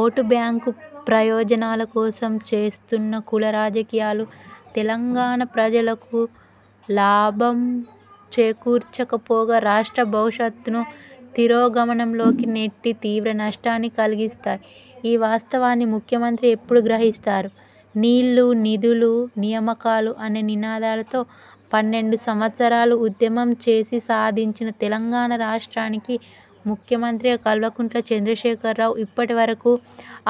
Vote bank ప్రయోజనాల కోసం చేస్తున్న కుల రాజకీయాలు తెలంగాణ ప్రజలకు లాభం చేకూర్చకపోగా రాష్ట్ర భవిష్యత్తును తిరోగమనంలోకి నెట్టి తీవ్ర నష్టాన్ని కలిగిస్తాయి. ఈ వాస్తవాన్ని ముఖ్యమంత్రి ఎప్పుడు గ్రహిస్తారు? నీళ్లు, నిధులు, నియామకాలు అనే నినాదాలతో పన్నెండు సంవత్సరాలు ఉద్యమం చేసి సాధించిన తెలంగాణ రాష్ట్రానికి ముఖ్యమంత్రిగా కల్వకుంట చంద్రశేఖర్ రావు ఇప్పటివరకూ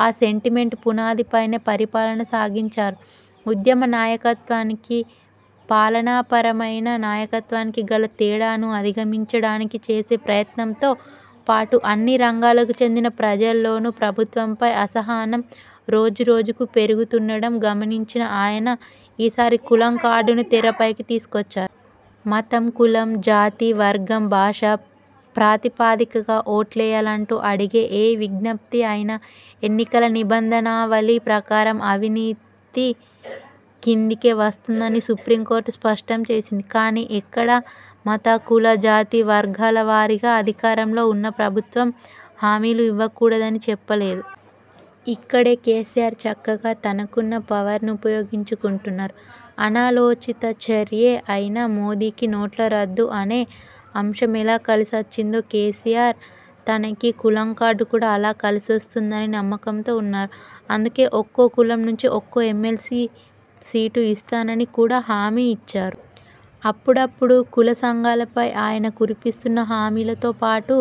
ఆ సెంటిమెంట్ పునాదిపైనే పరిపాలన సాగించారు ఉద్యమ నాయకత్వానికీ పాలనాపరమైన నాయకత్వానికీ గల తేడాను అధిగమించడానికి చేసే ప్రయత్నంతో పాటు, అన్ని రంగాలకు చెందిన ప్రజల్లోనూ ప్రభుత్వంపై అసహనం రోజురోజుకూ పెరుగుతుండడం గమనించిన ఆయన ఈసారి కులం కార్డును తెరపైకి తీసుకొచ్చారు. మతం, కులం, జాతి, వర్గం, భాష ప్రాతిపదికగా ఓట్లేయాలంటూ అడిగే ఏ విజ్ఞప్తి అయినా ఎన్నికల నిబంధనావళి ప్రకారం అవినీతి కిందికే వస్తుందని సుప్రీంకోర్టు స్పష్టం చేసింది. కానీ ఎక్కడా మత, కుల, జాతి, వర్గాల వారీగా అధికారంలో ఉన్న ప్రభుత్వం హామీలు ఇవ్వకూడదని చెప్పలేదు. ఇక్కడే కేసీఆర్ చక్కగా తనకున్న పవర్ని ఉపయోగించుకుంటున్నారు. అనాలోచిత చర్యే అయినా మోదీకి నోట్ల రద్దు అనే అంశం ఎలా కలిసొచ్చిందో కేసీఆర్ తనకి కులంకార్డు కూడా అలా కలిసొస్తుందని నమ్మకంతో ఉన్నారు. అందుకే ఒక్కో కులం నుంచి ఒక్కో ఎమ్మెల్సీ సీటు ఇస్తానని కూడా హామీ ఇచ్చారు. అప్పుడప్పుడూ కుల సంఘాలపై ఆయన కురిపిస్తున్న హామీలతో పాటు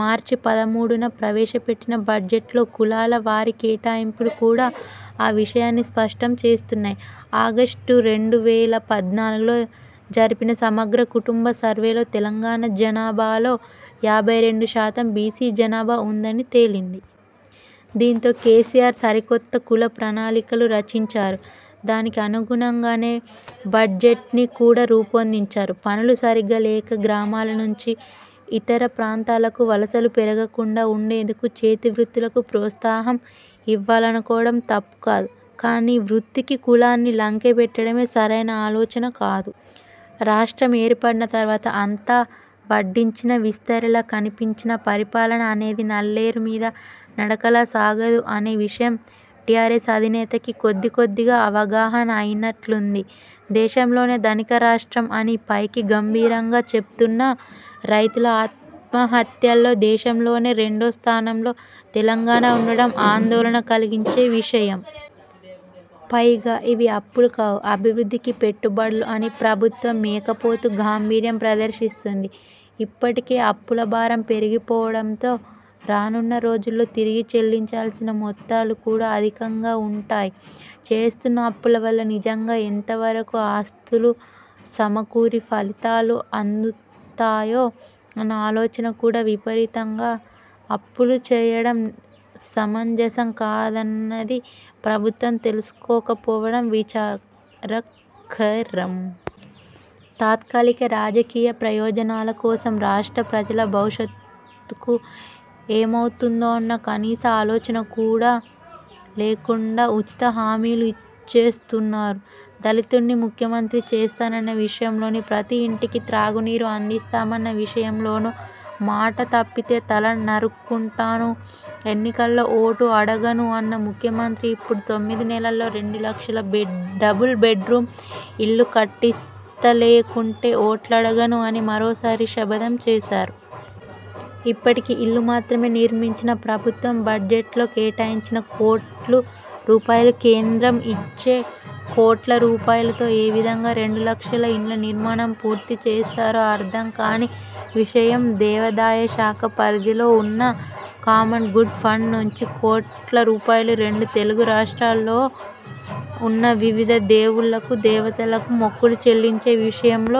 మార్చి పదమూడున ప్రవేశపెట్టిన బడ్జెట్లో కులాల వారీ కేటాయింపులు కూడా ఆ విషయాన్ని స్పష్టం చేస్తున్నాయి. ఆగస్టు రెండు వేల పద్నాలుగులో జరిపిన సమగ్ర కుటుంబ సర్వేలో తెలంగాణ జనాభాలో యాభై రెండు శాతం బీసీ జనాభా ఉందని తేలింది. దీంతో కేసీఆర్ సరికొత్త కుల ప్రణాళికలు రచించారు. దానికి అనుగుణంగానే బడ్జెట్ని కూడా రూపొందించారు. పనులు సరిగ్గా లేక గ్రామాల నుంచి ఇతర ప్రాంతాలకు వలసలు పెరగకుండా ఉండేందుకు చేతివృత్తులకు ప్రోత్సాహం ఇవ్వాలనుకోవడం తప్పుకాదు. కానీ వృత్తికి, కులాన్ని లంకె పెట్టడమే సరైన ఆలోచన కాదు. రాష్ట్రం ఏర్పడిన తరువాత అంతా వడ్డించిన విస్తరిలా కనిపించినా పరిపాలన అనేది నల్లేరు మీద నడకలా సాగదు అనే విషయం టీఆర్ఎస్ అధినేతకి కొద్దికొద్దిగా అవగాహన అయినట్లుంది. దేశంలోనే ధనిక రాష్ట్రం అని పైకి గంభీరంగా చెపుతున్నా రైతుల ఆత్మహత్యల్లో దేశంలోనే రెండో స్థానంలో తెలంగాణ ఉండడం ఆందోళన కలిగించే విషయం. పైగా ఇవి అప్పులు కావు, అభివృద్ధికి పెట్టుబడులు అని ప్రభుత్వం మేకపోతు గాంభీర్యం ప్రదర్శిస్తుంది. ఇప్పటికే అప్పులభారం పెరిగిపోవడంతో రానున్న రోజుల్లో తిరిగి చెల్లించాల్సిన మొత్తాలు కూడా అధికంగా ఉంటాయి. చేస్తున్న అప్పుల వల్ల నిజంగా ఎంతవరకూ ఆస్తులు సమకూరి, ఫలితాలు అందుతాయో అన్న ఆలోచన లేకుండా విపరీతంగా అప్పులు చేయడం సమంజసం కాదన్నది ప్రభుత్వం తెలుసుకోకపోవడం విచారకరం. తాత్కాలిక రాజకీయ ప్రయోజనాల కోసం రాష్ట్ర ప్రజల భవిష్యక్తు ఏమవుతోందన్న కనీస ఆలోచన లేకుండా ఉచిత హామీలు ఇచ్చేస్తున్నారు. దళితుణ్ణి ముఖ్య మంత్రి చేస్తానన్న విషయంలోనూ, ప్రతీ ఇంటికి త్రాగునీరు అందిస్తామన్న విషయంలోనూ మాట తప్పితే తల నరుక్కుంటాను, ఎన్నికల్లో ఓటు అడగను అన్న ముఖ్యమంత్రి ఇప్పుడు తొమ్మిది నెలల్లో రెండు లక్షల డబుల్ బెడ్రూమ్ ఇళ్లు కట్టిస్తాలేకుంటే ఓట్లడగను అని మరోసారి శపథం చేసారు. ఇప్పటికి ఇళ్లు మాత్రమే నిర్మించిన ప్రభుత్వం బడ్జెట్లో కేటాయించిన కోట్లు రూపాయలు, కేంద్రం ఇచ్చే కోట్ల రూపాయలతో ఏవిధంగా రెండు లక్షల ఇండ్ల నిర్మాణం పూర్తిచేస్తారో అర్థకాని విషయం. దేవాదాయ శాఖ పరిధిలో ఉన్న కామన్ గుడ్ ఫండ్ నుంచి కోట్ల రూపాయలు రెండు తెలుగు రాష్ట్రాల్లో ఉన్న వివిధ దేవుళ్ళకు, దేవతలకు మొక్కులు చెల్లించే విషయంలో